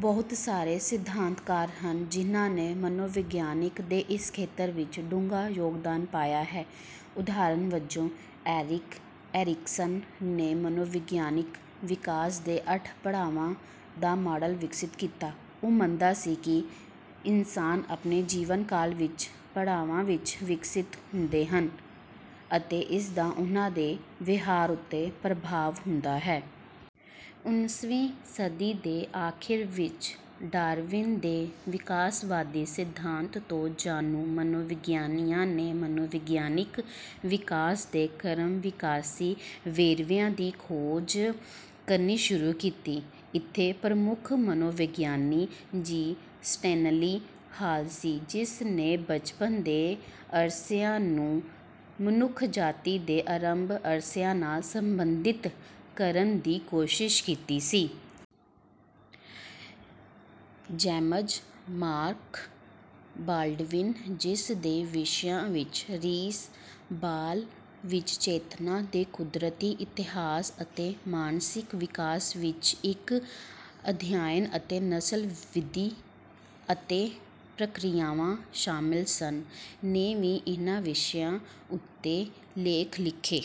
ਬਹੁਤ ਸਾਰੇ ਸਿਧਾਂਤਕਾਰ ਹਨ, ਜਿਨ੍ਹਾਂ ਨੇ ਮਨੋਵਿਗਿਆਨੀਕ ਦੇ ਇਸ ਖੇਤਰ ਵਿੱਚ ਡੂੰਘਾ ਯੋਗਦਾਨ ਪਾਇਆ ਹੈ। ਉਦਾਹਰਣ ਵਜੋਂ, ਏਰਿਕ ਐਰਿਕਸਨ ਨੇ ਮਨੋਵਿਗਿਆਨਿਕ ਵਿਕਾਸ ਦੇ ਅੱਠ ਪੜਾਵਾਂ ਦਾ ਮਾਡਲ ਵਿਕਸਿਤ ਕੀਤਾ। ਉਹ ਮੰਨਦਾ ਸੀ ਕਿ ਇਨਸਾਨ ਆਪਣੇ ਜੀਵਨ ਕਾਲ ਵਿੱਚ ਪੜਾਵਾਂ ਵਿੱਚ ਵਿਕਸਤ ਹੁੰਦੇ ਹਨ ਅਤੇ ਇਸ ਦਾ ਉਨ੍ਹਾਂ ਦੇ ਵਿਹਾਰ ਉੱਤੇ ਪ੍ਰਭਾਵ ਹੁੰਦਾ ਹੈ। ਉਨਿਸਵੀਂ ਸਦੀ ਦੇ ਅਖੀਰ ਵਿੱਚ, ਡਾਰਵਿਨ ਦੇ ਵਿਕਾਸਵਾਦੀ ਸਿਧਾਂਤ ਤੋਂ ਜਾਣੂ ਮਨੋਵਿਗਿਆਨੀਆਂ ਨੇ ਮਨੋਵਿਗਿਆਨਿਕ ਵਿਕਾਸ ਦੇ ਕਰਮਵਿਕਾਸੀ ਵੇਰਵਿਆਂ ਦੀ ਖੋਜ ਕਰਨੀ ਸ਼ੁਰੂ ਕੀਤੀ। ਇੱਥੇ ਪ੍ਰਮੁੱਖ ਮਨੋਵਿਗਿਆਨੀ ਜੀ. ਸਟੈਨਲੀ ਹਾਲ ਸੀ, ਜਿਸ ਨੇ ਬਚਪਨ ਦੇ ਅਰਸਿਆਂ ਨੂੰ ਮਨੁੱਖਜਾਤੀ ਦੇ ਅਰੰਭ ਅਰਸਿਆਂ ਨਾਲ ਸੰਬੰਧਿਤ ਕਰਨ ਦੀ ਕੋਸ਼ਿਸ਼ ਕੀਤੀ ਸੀ। ਜੇਮਜ਼ ਮਾਰਕ ਬਾਲਡਵਿਨ, ਜਿਸ ਦੇ ਵਿਸ਼ਿਆਂ ਵਿੱਚ ‘ਰੀਸ: ਬਾਲ ਵਿੱਚ ਚੇਤਨਾ ਦੇ ਕੁਦਰਤੀ ਇਤਿਹਾਸ ਅਤੇ ਮਾਨਸਿਕ ਵਿਕਾਸ ਵਿੱਚ ਇੱਕ ਅਧਿਆਇਨ’ ਅਤੇ ‘ਨਸਲ: ਵਿਧੀ ਅਤੇ ਪ੍ਰਕਿਰਿਆਵਾਂ’ ਸ਼ਾਮਲ ਸਨ, ਨੇ ਵੀ ਇਨ੍ਹਾਂ ਵਿਸ਼ਿਆਂ ਉੱਤੇ ਲੇਖ ਲਿਖੇ।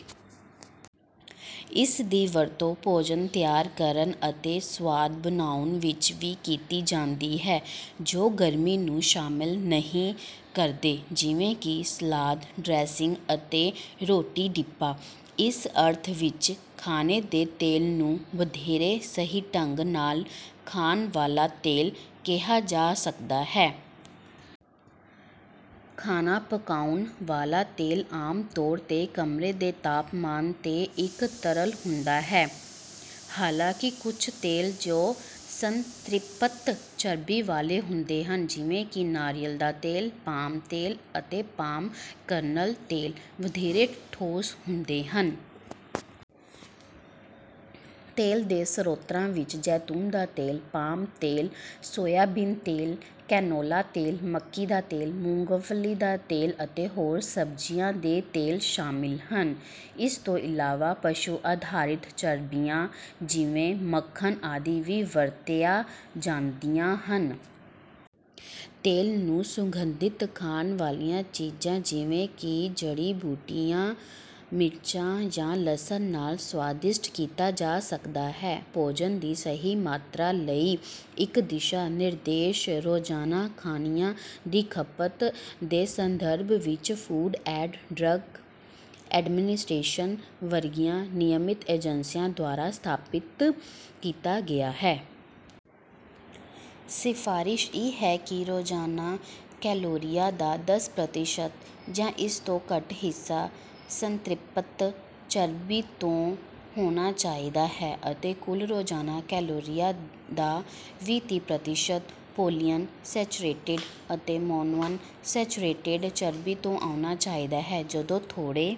ਇਸ ਦੀ ਵਰਤੋਂ ਭੋਜਨ ਤਿਆਰ ਕਰਨ ਅਤੇ ਸੁਆਦ ਬਣਾਉਣ ਵਿੱਚ ਵੀ ਕੀਤੀ ਜਾਂਦੀ ਹੈ, ਜੋ ਗਰਮੀ ਨੂੰ ਸ਼ਾਮਲ ਨਹੀਂ ਕਰਦੇ, ਜਿਵੇਂ ਕਿ ਸਲਾਦ ਡ੍ਰੈਸਿੰਗ ਅਤੇ ਰੋਟੀ ਡਿੱਪਾਂ। ਇਸ ਅਰਥ ਵਿੱਚ, ਖਾਣੇ ਦੇ ਤੇਲ ਨੂੰ ਵਧੇਰੇ ਸਹੀ ਢੰਗ ਨਾਲ ‘ਖਾਣ ਵਾਲਾ ਤੇਲ’ ਕਿਹਾ ਜਾ ਸਕਦਾ ਹੈ। ਖਾਣਾ ਪਕਾਉਣ ਵਾਲਾ ਤੇਲ ਆਮ ਤੌਰ ’ਤੇ ਕਮਰੇ ਦੇ ਤਾਪਮਾਨ ’ਤੇ ਇੱਕ ਤਰਲ ਹੁੰਦਾ ਹੈ। ਹਾਲਾਂਕਿ, ਕੁਝ ਤੇਲ ਜੋ ਸੰਤ੍ਰਿਪਤ ਚਰਬੀ ਵਾਲੇ ਹੁੰਦੇ ਹਨ, ਜਿਵੇਂ ਕਿ ਨਾਰੀਅਲ ਦਾ ਤੇਲ, ਪਾਮ ਤੇਲ ਅਤੇ ਪਾਮ ਕਰਨਲ ਤੇਲ, ਵਧੇਰੇ ਠੋਸ ਹੁੰਦੇ ਹਨ। ਤੇਲ ਦੇ ਸਰੋਤਾਂ ਵਿੱਚ ਜੈਤੂਨ ਦਾ ਤੇਲ, ਪਾਮ ਤੇਲ, ਸੋਇਆਬੀਨ ਤੇਲ, ਕੈਨੋਲਾ ਤੇਲ, ਮੱਕੀ ਦਾ ਤੇਲ, ਮੂੰਗਫਲੀ ਦਾ ਤੇਲ ਅਤੇ ਹੋਰ ਸਬਜ਼ੀਆਂ ਦੇ ਤੇਲ ਸ਼ਾਮਲ ਹਨ। ਇਸ ਤੋਂ ਇਲਾਵਾ, ਪਸ਼ੂ-ਆਧਾਰਿਤ ਚਰਬੀਆਂ, ਜਿਵੇਂ ਮੱਖਣ ਆਦਿ, ਵੀ ਵਰਤੀਆਂ ਜਾਂਦੀਆਂ ਹਨ। ਤੇਲ ਨੂੰ ਸੁਗੰਧਿਤ ਖਾਣ ਵਾਲੀਆਂ ਚੀਜ਼ਾਂ, ਜਿਵੇਂ ਕਿ ਜੜੀ-ਬੂਟੀਆਂ, ਮਿਰਚਾਂ ਜਾਂ ਲਸਣ ਨਾਲ ਸੁਆਦਿਸ਼ਟ ਕੀਤਾ ਜਾ ਸਕਦਾ ਹੈ। ਭੋਜਨ ਦੀ ਸਹੀ ਮਾਤਰਾ ਲਈ ਇੱਕ ਦਿਸ਼ਾ-ਨਿਰਦੇਸ਼ ਰੋਜ਼ਾਨਾ ਖਾਣਿਆਂ ਦੀ ਖਪਤ ਦੇ ਸੰਦਰਭ ਵਿੱਚ ਫੂਡ ਐਂਡ ਡਰੱਗ ਐਡਮਿਨਿਸਟ੍ਰੇਸ਼ਨ ਵਰਗੀਆਂ ਨਿਯਮਤ ਏਜੰਸੀਆਂ ਦੁਆਰਾ ਸਥਾਪਤ ਕੀਤਾ ਗਿਆ ਹੈ। ਸਿਫ਼ਾਰਸ਼ ਇਹ ਹੈ ਕਿ ਰੋਜ਼ਾਨਾ ਕੈਲੋਰੀਆਂ ਦਾ ਦੱਸ ਪ੍ਰਤੀਸ਼ਤ ਜਾਂ ਇਸ ਤੋਂ ਘੱਟ ਹਿੱਸਾ ਸੰਤ੍ਰਿਪਤ ਚਰਬੀ ਤੋਂ ਹੋਣਾ ਚਾਹੀਦਾ ਹੈ ਅਤੇ ਕੁੱਲ ਰੋਜ਼ਾਨਾ ਕੈਲੋਰੀਆਂ ਦਾ ਵੀਂ-ਤੀ ਪ੍ਰਤੀਸ਼ਤ ਪੌਲੀਅਨਸੈਚੁਰੇਟਿਡ ਅਤੇ ਮੋਨੋਅਨਸੈਚੁਰੇਟਿਡ ਚਰਬੀ ਤੋਂ ਆਉਣਾ ਚਾਹੀਦਾ ਹੈ। ਜਦੋਂ ਥੋੜੇ